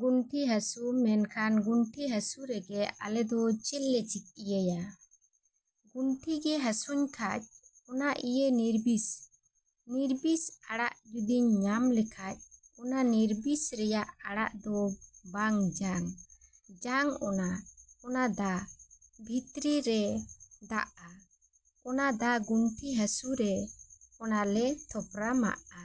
ᱜᱩᱱᱴᱷᱤ ᱦᱟᱹᱥᱩ ᱢᱮᱱᱠᱷᱟᱱ ᱜᱩᱱᱴᱷᱤ ᱦᱟᱹᱥᱩ ᱨᱮᱜᱮ ᱟᱞᱮ ᱫᱚ ᱪᱮᱫ ᱞᱮ ᱤᱭᱟᱹᱭᱟ? ᱜᱚᱱᱴᱷᱤ ᱜᱮ ᱦᱟᱹᱥᱩᱧ ᱠᱷᱟᱡ ᱚᱱᱟ ᱤᱭᱟᱹ ᱱᱤᱨᱵᱤᱥ, ᱱᱤᱨᱵᱤᱥ ᱟᱲᱟᱜ ᱡᱩᱫᱤᱧ ᱧᱟᱢ ᱞᱮᱠᱷᱟᱡ ᱚᱱᱟ ᱱᱤᱨᱵᱤᱥ ᱨᱮᱭᱟᱜ ᱟᱲᱟᱜ ᱫᱚ ᱵᱟᱝ ᱡᱟᱝ, ᱡᱟᱝ ᱚᱱᱟ, ᱚᱱᱟ ᱫᱟ, ᱵᱷᱤᱛᱨᱤ ᱨᱮ ᱫᱟᱜᱼᱟ, ᱚᱱᱟ ᱫᱟ ᱜᱩᱱᱴᱷᱤ ᱦᱟᱹᱥᱩ ᱨᱮ ᱚᱱᱟ ᱞᱮ ᱛᱷᱚᱯᱨᱟᱢᱟᱜᱼᱟ᱾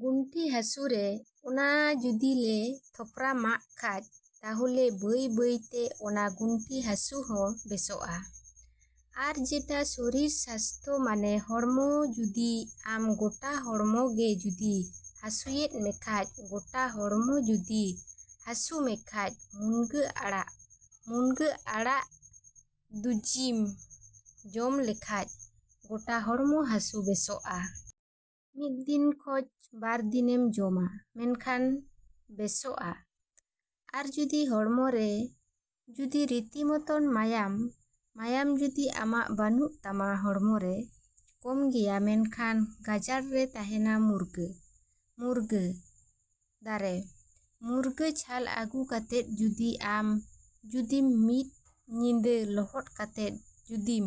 ᱜᱩᱱᱴᱷᱤ ᱦᱟᱹᱥᱩ ᱨᱮ ᱚᱱᱟ ᱡᱩᱫᱤ ᱞᱮ ᱛᱷᱚᱯᱨᱟᱢᱟᱜ ᱠᱷᱟᱡ ᱛᱟᱦᱚᱞᱮ ᱵᱟᱹᱭ ᱵᱟᱹᱭᱛᱮ ᱚᱱᱟ ᱜᱩᱱᱴᱷᱤ ᱦᱟᱹᱥᱩ ᱦᱚᱸ ᱵᱮᱥᱚᱜᱼᱟ᱾ ᱟᱨ ᱡᱮᱴᱟ ᱥᱚᱨᱤᱨ ᱥᱟᱥᱛᱷᱚ ᱢᱟᱱᱮ ᱦᱚᱲᱢᱚ ᱡᱩᱫᱤ ᱟᱢ ᱜᱚᱴᱟ ᱦᱚᱲᱢᱚ ᱜᱮ ᱡᱩᱫᱤ ᱦᱟᱥᱩᱭᱮᱫ ᱢᱮᱠᱷᱟᱡ ᱜᱚᱴᱟ ᱦᱚᱲᱢᱚ ᱡᱩᱫᱤ ᱦᱟᱥᱩ ᱢᱮᱠᱷᱟᱡ ᱢᱩᱱᱜᱟᱹ ᱟᱲᱟᱜ, ᱢᱩᱱᱜᱟᱹ ᱟᱲᱟᱜ ᱫᱩᱡᱤᱢ ᱡᱚᱢ ᱞᱮᱠᱷᱟᱡ ᱜᱚᱴᱟ ᱦᱚᱲᱢᱚ ᱦᱟᱹᱥᱩ ᱵᱮᱥᱚᱜᱼᱟ᱾ ᱢᱤᱫ ᱫᱤᱱ ᱠᱷᱚᱡ ᱵᱟᱨ ᱫᱤᱱᱮᱢ ᱡᱚᱢᱟ ᱢᱮᱱᱠᱷᱟᱱ ᱵᱮᱥᱚᱜᱼᱟ᱾ ᱟᱨ ᱡᱩᱫᱤ ᱦᱚᱲᱢᱚ ᱨᱮ ᱡᱩᱫᱤ ᱨᱤᱛᱤ ᱢᱚᱛᱚᱱ ᱢᱟᱭᱟᱢ, ᱢᱟᱭᱟᱢ ᱡᱩᱫᱤ ᱟᱢᱟᱜ ᱵᱟᱹᱱᱩᱜ ᱛᱟᱢᱟ ᱦᱚᱲᱢᱚ ᱨᱮ ᱠᱚᱢ ᱜᱮᱭᱟ ᱢᱮᱱᱠᱷᱟᱱ ᱜᱟᱡᱟᱲ ᱨᱮ ᱛᱟᱦᱮᱱᱟ ᱢᱩᱨᱜᱟᱹ ᱢᱩᱨᱜᱟᱹ ᱫᱟᱨᱮ, ᱢᱩᱨᱜᱟᱹ ᱪᱷᱟᱞ ᱟᱹᱜᱩ ᱠᱟᱛᱮᱫ ᱡᱩᱫᱤ ᱟᱢ ᱡᱩᱫᱤᱢ ᱢᱤᱫ ᱧᱤᱫᱟᱹ ᱞᱚᱦᱚᱫ ᱠᱟᱛᱮᱫ ᱡᱩᱫᱤᱢ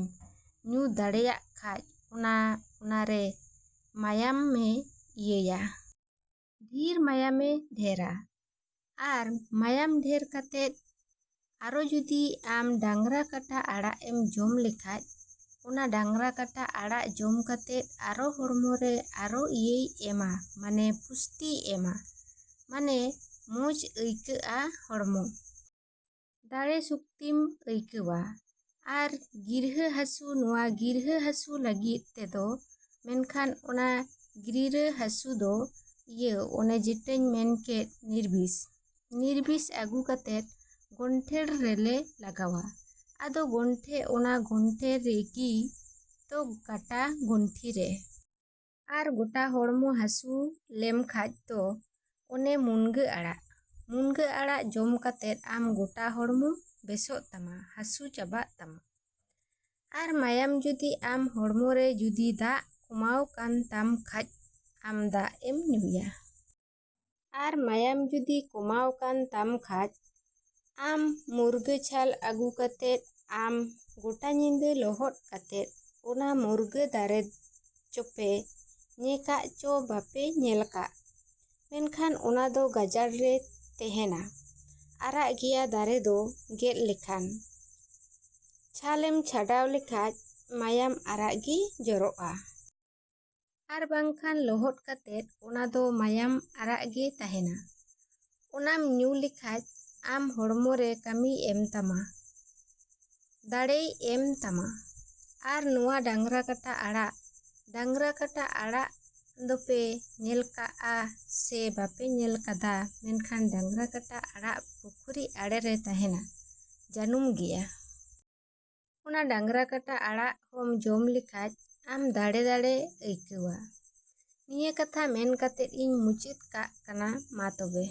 ᱧᱩ ᱫᱟᱲᱮᱭᱟᱜ ᱠᱷᱟᱡ ᱚᱱᱟ ᱚᱱᱟ ᱨᱮ ᱢᱟᱭᱟᱢᱮ ᱤᱭᱟᱹᱭᱟ᱾ ᱰᱷᱤᱨ ᱢᱟᱭᱟᱢᱮ ᱰᱷᱮᱨᱟ᱾ ᱟᱨ ᱢᱟᱭᱟᱢ ᱰᱷᱮᱨ ᱠᱟᱛᱮᱫ ᱟᱨᱚ ᱡᱩᱫᱤ ᱟᱢ ᱰᱟᱝᱨᱟ ᱠᱟᱴᱟ ᱟᱲᱟᱜ ᱮᱢ ᱡᱚᱢ ᱞᱮᱠᱷᱟᱡ, ᱚᱱᱟ ᱰᱟᱝᱨᱟ ᱠᱟᱴᱟ ᱟᱲᱟᱜ ᱡᱚᱢ ᱠᱟᱛᱮᱫ ᱟᱨᱚ ᱦᱚᱲᱢᱚ ᱨᱮ ᱟᱨᱚ ᱤᱭᱟᱹᱭ ᱮᱢᱟ ᱢᱟᱱᱮ ᱯᱩᱥᱴᱤᱭ ᱮᱢᱟ ᱢᱟᱱᱮ ᱢᱚᱡᱽ ᱟᱹᱭᱠᱟᱹᱜᱼᱟ ᱦᱚᱲᱢᱚ᱾ ᱫᱟᱲᱮ ᱥᱚᱠᱛᱤᱢ ᱟᱹᱭᱠᱟᱹᱣᱟ᱾ ᱟᱨ ᱜᱤᱨᱦᱟᱹ ᱦᱟᱹᱥᱩ ᱱᱚᱣᱟ ᱜᱤᱨᱦᱟᱹ ᱦᱟᱥᱩ ᱞᱟᱹᱜᱤᱫ ᱛᱮᱫᱚ ᱢᱮᱱᱠᱷᱟᱱ ᱚᱱᱟ ᱜᱨᱤᱨᱟᱹ ᱦᱟᱹᱥᱩ ᱫᱚ ᱤᱭᱟᱹ ᱚᱱᱮ ᱡᱮᱴᱟᱧ ᱢᱮᱱᱠᱮᱫ ᱱᱤᱨᱵᱤᱥ, ᱱᱤᱨᱵᱤᱥ ᱟᱹᱜᱩ ᱠᱟᱛᱮᱫ ᱜᱚᱱᱴᱷᱮᱲ ᱨᱮᱞᱮ ᱞᱟᱜᱟᱣᱟ᱾ ᱟᱫᱚ ᱜᱚᱱᱴᱷᱮ ᱚᱱᱟ ᱜᱚᱱᱴᱷᱮ ᱨᱮᱜᱤ ᱛᱚ, ᱠᱟᱴᱟ ᱜᱚᱱᱴᱷᱤ ᱨᱮ᱾ ᱟᱨ ᱜᱚᱴᱟ ᱦᱚᱲᱢᱚ ᱦᱟᱹᱥᱩ ᱞᱮᱢ ᱠᱷᱟᱡ ᱫᱚ ᱚᱱᱮ ᱢᱩᱱᱜᱟᱹ ᱟᱲᱟᱜ, ᱢᱩᱱᱜᱟᱹ ᱟᱲᱟᱜ ᱡᱚᱢ ᱠᱟᱛᱮᱫ ᱟᱢ ᱜᱚᱴᱟ ᱦᱚᱲᱢᱚ ᱵᱮᱥᱚᱜ ᱛᱟᱢᱟ ᱦᱟᱹᱥᱩ ᱪᱟᱵᱟᱜ ᱛᱟᱢᱟ᱾ ᱟᱨ ᱢᱟᱭᱟᱢ ᱡᱩᱫᱤ ᱟᱢ ᱦᱚᱲᱢᱚ ᱨᱮ ᱡᱩᱫᱤ ᱫᱟᱜ ᱠᱚᱢᱟᱣ ᱠᱟᱱ ᱛᱟᱢ ᱠᱷᱟᱡ ᱟᱢ ᱫᱟᱜᱼᱮᱢ ᱧᱩᱭᱟ᱾ ᱟᱨ ᱢᱟᱭᱟᱢ ᱡᱩᱫᱤ ᱠᱚᱢᱟᱣᱟᱠᱟᱱ ᱛᱟᱢ ᱠᱷᱟᱡ ᱟᱢ ᱢᱩᱨᱜᱟᱹ ᱪᱷᱟᱞ ᱟᱹᱜᱩ ᱠᱟᱛᱮᱫ ᱟᱢ ᱜᱚᱴᱟ ᱧᱤᱫᱟᱹ ᱞᱚᱦᱚᱫ ᱠᱟᱛᱮᱫ ᱚᱱᱟ ᱢᱩᱨᱜᱟᱹ ᱫᱟᱨᱮ ᱪᱚᱯᱮ ᱧᱮ ᱠᱟᱜ ᱪᱚ ᱵᱟᱯᱮ ᱧᱮᱞ ᱠᱟᱜ? ᱢᱮᱱᱠᱷᱟᱱ ᱚᱱᱟ ᱫᱚ ᱜᱟᱡᱟᱲ ᱨᱮ ᱛᱮᱦᱮᱱᱟ᱾ ᱟᱨᱟᱜ ᱜᱮᱭᱟ ᱫᱟᱨᱮ ᱫᱚ ᱜᱮᱫ ᱞᱮᱠᱷᱟᱱ, ᱪᱷᱟᱞᱮᱢ ᱪᱷᱟᱰᱟᱣ ᱞᱮᱠᱷᱟᱡ ᱢᱟᱭᱟᱢ ᱟᱨᱟᱜ ᱜᱮ ᱡᱚᱨᱚᱜᱼᱟ᱾ ᱟᱨ ᱵᱟᱝᱠᱷᱟᱱ ᱞᱚᱦᱚᱫ ᱠᱟᱛᱮᱫ ᱚᱱᱟ ᱫᱚ ᱢᱟᱭᱟᱢ ᱟᱨᱟᱜ ᱜᱮ ᱛᱟᱦᱮᱱᱟ᱾ ᱚᱱᱟᱢ ᱧᱩ ᱞᱮᱠᱷᱟᱡ ᱟᱢ ᱦᱚᱲᱢᱚ ᱨᱮ ᱠᱟᱹᱢᱤᱭ ᱮᱢ ᱛᱟᱢᱟ. ᱫᱟᱲᱮᱭ ᱮᱢ ᱛᱟᱢᱟ᱾ ᱟᱨ ᱱᱚᱣᱟ ᱰᱟᱝᱨᱟ ᱠᱟᱴᱟ ᱟᱲᱟᱜ, ᱰᱟᱝᱨᱟ ᱠᱟᱴᱟ ᱟᱲᱟᱜ ᱫᱚᱯᱮ ᱧᱮᱞ ᱠᱟᱜᱼᱟ ᱥᱮ ᱵᱟᱯᱮ ᱧᱮᱞ ᱠᱟᱫᱟ ᱢᱮᱱᱠᱷᱟᱱ ᱰᱟᱝᱨᱟ ᱠᱟᱴᱟ ᱟᱲᱟᱜ ᱯᱩᱠᱷᱨᱤ ᱟᱲᱮ ᱨᱮ ᱛᱟᱦᱮᱱᱟ ᱡᱟᱹᱱᱩᱢ ᱜᱮᱭᱟ᱾ ᱚᱱᱟ ᱰᱟᱝᱨᱟ ᱠᱟᱴᱟ ᱟᱲᱟᱜ ᱦᱚᱢ ᱡᱚᱢ ᱞᱮᱠᱷᱟᱡ ᱟᱢ ᱫᱟᱲᱮ ᱫᱟᱲᱮ ᱟᱹᱭᱠᱟᱹᱣᱟ᱾ ᱱᱤᱭᱟᱹ ᱠᱟᱛᱷᱟ ᱢᱮᱱ ᱠᱟᱛᱮᱫ ᱤᱧ ᱢᱩᱪᱟᱹᱛ ᱠᱟᱜ ᱠᱟᱱᱟ᱾ ᱢᱟ ᱛᱚᱵᱮ᱾